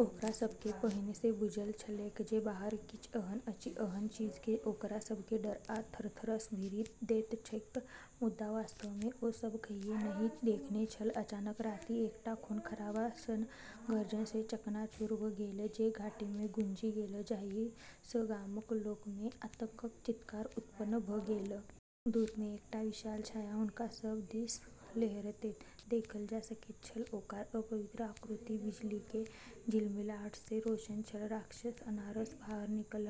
ओकरा सभकेँ पहिनेसँ बुझल छलैक जे बाहर किछ एहन अछि, एहन चीज जे ओकरा सभकेँ डर आ थरथरसँ भरि दैत छैक, मुदा वास्तवमे ओ सभ कहियो नहि देखने छल। अचानक राति एकटा खून-खराबा सन गर्जन सँ चकनाचूर भ' गेल जे घाटीमे गूँजि गेल, जाहि सँ गामक लोकमे आतंकक चीत्कार उत्पन्न भ' गेल। दूरमे एकटा विशाल छाया हुनका सब दिस लहरैत देखल जा सकैत छल, ओकर अपवित्र आकृति बिजलीके झिलमिलाहटसँ रोशन छल। राक्षस अन्हारसँ बाहर निकलल,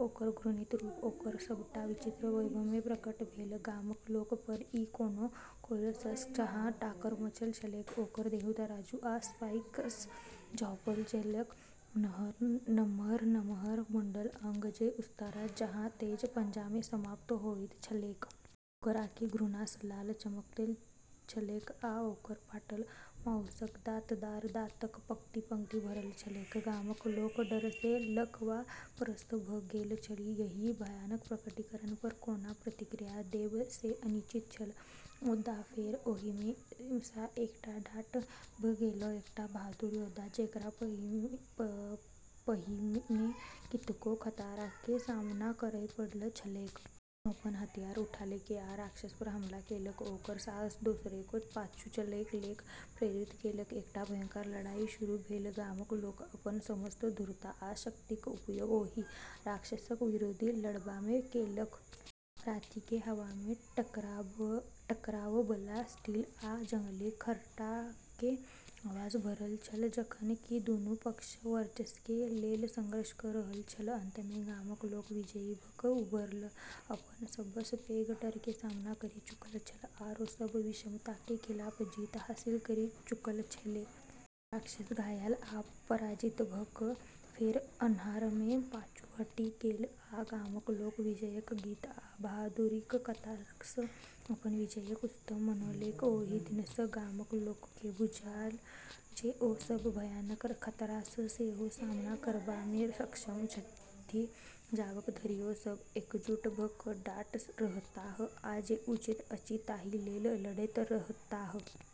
ओकर घृणित रूप ओकर सभटा विचित्र वैभवमे प्रकट भेल। गामक लोक पर ई कोनो कोलोसस जकाँ टावर-मचल छलैक, ओकर देह तराजू आ स्पाइकसँ झाँपल छलैक, नम्हर-नम्हर मुड़ल अंग जे उस्तरा जकाँ तेज पंजामे समाप्त होइत छलैक। ओकर आँखि घृणासँ लाल चमकैत छलैक आ ओकर फाटल माउसक दाँतदार दाँतक पंक्ति-पंक्ति भरल छलैक। गामक लोक डरसँ लकवाग्रस्त भ' गेल छल, एहि भयावह प्रकटीकरण पर कोना प्रतिक्रिया देब से अनिश्चित छल। मुदा फेर, ओहिमे सँ एकटा ठाढ़ भ' गेल, एकटा बहादुर योद्धा जेकरा पहिने कतेको खतराके सामना करय पड़ल छलैक। ओ अपन हथियार उठौलक आ राक्षस पर हमला केलक, ओकर साहस दोसरोके पाछू चलय लेल प्रेरित केलक। एकटा भयंकर लड़ाइ शुरू भेल, गामक लोक अपन समस्त धूर्तता आ शक्तिक उपयोग ओहि राक्षसक विरुद्ध लड़बामे केलक। रातिके हवा में टकरावबला स्टील आ जंगली खर्राटाके आवाज भरल छल, जखन कि दुनू पक्ष वर्चस्वके लेल संघर्ष क' रहल छल। अंतमे गामक लोक विजयी भ' क' उभरल। अपन सबसँ पैघ डरके सामना करि चुकल छलै, आरो सब विषमताके खिलाफ जीत हासिल करि चुकल छलै। राक्षस घायल आ पराजित भ' क' फेर अन्हारमे पाछू हटि गेल आ गामक लोक विजयक गीत आ बहादुरीक कथासँ अपन विजयक उत्सव मनौलक। ओहि दिनसँ गामक लोककेँ बुझायल जे ओ सभ भयावह खतरासँ सेहो सामना करबामे सक्षम छथि, जाबत धरि ओ सब एकजुट भ' क' ठाढ़ रहताह आ जे उचित अछि ताहि लेल लड़ैत रहताह।